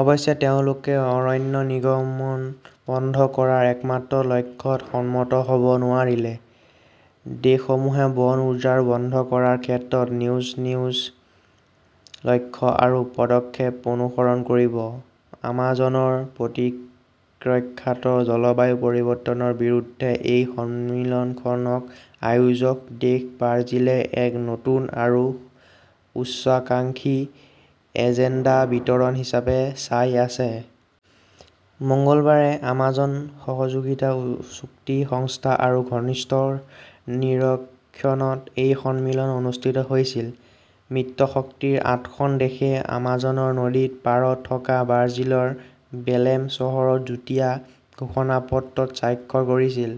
অৱশ্যে তেওঁলোকে অৰণ্য নিৰ্গমন বন্ধ কৰাৰ একমাত্ৰ লক্ষ্যত সন্মত হ'ব নোৱাৰিলে। দেশসমূহে বন উজাৰ বন্ধ কৰাৰ ক্ষেত্ৰত নিউজ নিউজ লক্ষ্য আৰু পদক্ষেপ অনুসৰণ কৰিব। আমাজনৰ প্ৰতিৰক্ষাত জলবায়ু পৰিৱৰ্তনৰ বিৰুদ্ধে এই সন্মিলনখনক আয়োজক দেশ ব্ৰাজিলে এক নতুন আৰু উচ্চাকাংক্ষী এজেণ্ডা বিতৰণ হিচাপে চাই আছে। মঙলবাৰে আমাজন সহযোগিতা চুক্তি সংস্থা ৰ ঘনিষ্ঠ নিৰীক্ষণত এই সন্মিলন অনুষ্ঠিত হৈছিল। মিত্ৰশক্তিৰ আঠখন দেশে আমাজনৰ নদীৰ পাৰত থকা ব্ৰাজিলৰ বেলেম চহৰত যুটীয়া ঘোষণাপত্ৰত স্বাক্ষৰ কৰিছিল।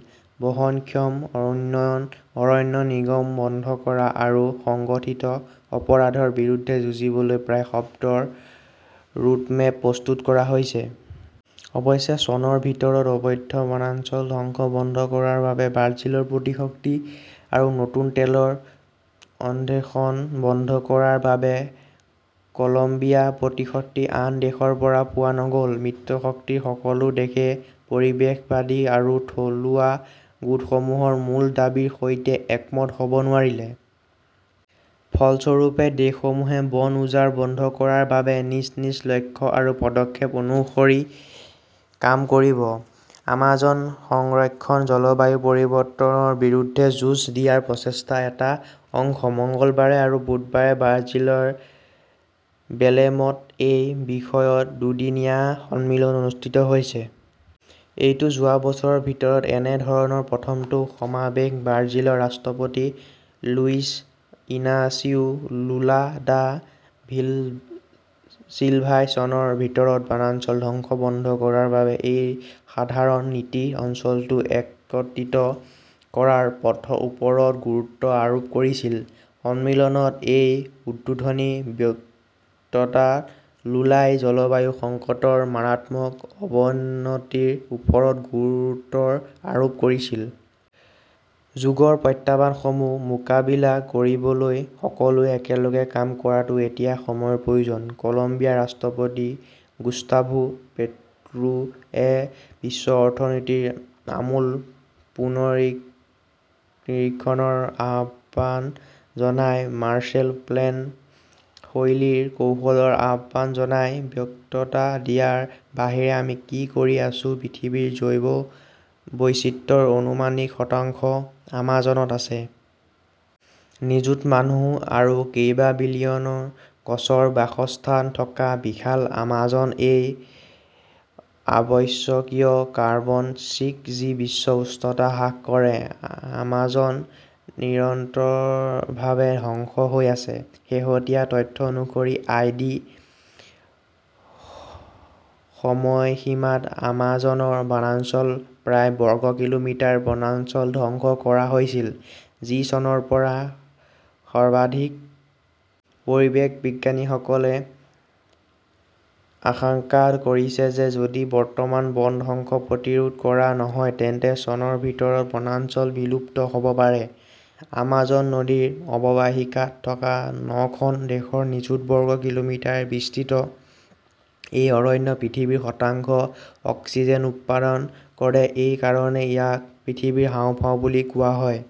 বহনক্ষম উন্নয়ন, অৰণ্য নিৰ্গমন বন্ধ কৰা আৰু সংগঠিত অপৰাধৰ বিৰুদ্ধে যুঁজিবলৈ প্ৰায় শব্দৰ ৰোডমেপ প্ৰস্তুত কৰা হৈছে। অৱশ্যে, চনৰ ভিতৰত অবৈধ বনাঞ্চল ধ্বংস বন্ধ কৰাৰ বাবে ব্ৰাজিলৰ প্ৰতিশক্তি আৰু নতুন তেলৰ অন্বেষণ বন্ধ কৰাৰ বাবে কলম্বিয়াৰ প্ৰতিশ্ৰুতি আন দেশৰ পৰা পোৱা নগ'ল। মিত্ৰশক্তিৰ সকলো দেশে পৰিৱেশবাদী আৰু থলুৱা গোটসমূহৰ মূল দাবীৰ সৈতে একমত হ'ব নোৱাৰিলে। ফলস্বৰূপে, দেশসমূহে বন উজাৰ বন্ধ কৰাৰ বাবে নিজ নিজ লক্ষ্য আৰু পদক্ষেপ অনুসৰি কাম কৰিব। আমাজন সংৰক্ষণ জলবায়ু পৰিৱৰ্তনৰ বিৰুদ্ধে যুঁজ দিয়াৰ প্ৰচেষ্টাৰ এটা অংশ। মঙলবাৰে আৰু বুধবাৰে ব্ৰাজিলৰ বেলেমত এই বিষয়ত দুদিনীয়া সন্মিলন অনুষ্ঠিত হৈছে। এইটো যোৱা বছৰৰ ভিতৰত এনে ধৰণৰ প্ৰথমটো সমাৱেশ। ব্ৰাজিলৰ ৰাষ্ট্ৰপতি লুইজ ইনাচিও লুলা দা ভিলচিলভাই চনৰ ভিতৰত বনাঞ্চল ধ্বংস বন্ধ কৰাৰ বাবে এই সাধাৰণ নীতি অঞ্চলটো একত্ৰিত কৰাৰ ওপৰত গুৰুত্ব আৰোপ কৰিছিল। সন্মিলনত এই উদ্বোধনী বক্ততাত লুলাই 'জলবায়ু সংকটৰ মাৰাত্মক অৱনতিৰ ওপৰত গুৰুত্ব আৰোপ কৰিছিল। যুগৰ প্ৰত্যাহ্বানসমূহৰ মোকাবিলা কৰিবলৈ সকলোৱে একেলগে কাম কৰাটো এতিয়া সময়ৰ প্ৰয়োজন। কলম্বিয়াৰ ৰাষ্ট্ৰপতি গুস্তাভো পেট্ৰোৱে বিশ্ব অৰ্থনীতিৰ আমূল পুনৰীক্ষণৰ আহ্বান জনাই 'মাৰ্শ্বেল প্লেন শৈলীৰ কৌশলৰ আহ্বান জনায়। বক্ততা দিয়াৰ বাহিৰে আমি কি কৰি আছো? পৃথিৱীৰ জৈৱ বৈচিত্ৰ্যৰ অনুমানিক শতাংশ আমাজনত আছে। নিযুত মানুহ আৰু কেইবা বিলিয়ন গছৰ বাসস্থান থকা বিশাল আমাজন এই আৱশ্যকীয় কাৰ্বন ছিঙ্ক, যি বিশ্ব উষ্ণতা হ্ৰাস কৰে। আমাজন নিৰন্তৰভাৱে ধ্বংস হৈ আছে। শেহতীয়া তথ্য অনুসৰি, আই. ডি. সময়সীমাত আমাজনৰ বনাঞ্চলৰ প্ৰায় বৰ্গ কিলোমিটাৰ বনাঞ্চল ধ্বংস কৰা হৈছিল, যি চনৰ পৰা সৰ্বাধিক। পৰিৱেশ বিজ্ঞানীসকলে আশংকা কৰিছে যে যদি বৰ্তমান বন ধ্বংস প্ৰতিৰোধ কৰা নহয়, তেন্তে চনৰ ভিতৰত বনাঞ্চল বিলুপ্ত হ'ব পাৰে। আমাজন নদীৰ অৱবাহিকাত থকা নখন দেশৰ নিযুত বৰ্গ কিলোমিটাৰত বিস্তৃত এই অৰণ্যই পৃথিৱীৰ শতাংশ অক্সিজেন উৎপাদন কৰে। এই কাৰণেই ইয়াক পৃথিৱীৰ হাঁওফাঁও বুলি কোৱা হয়।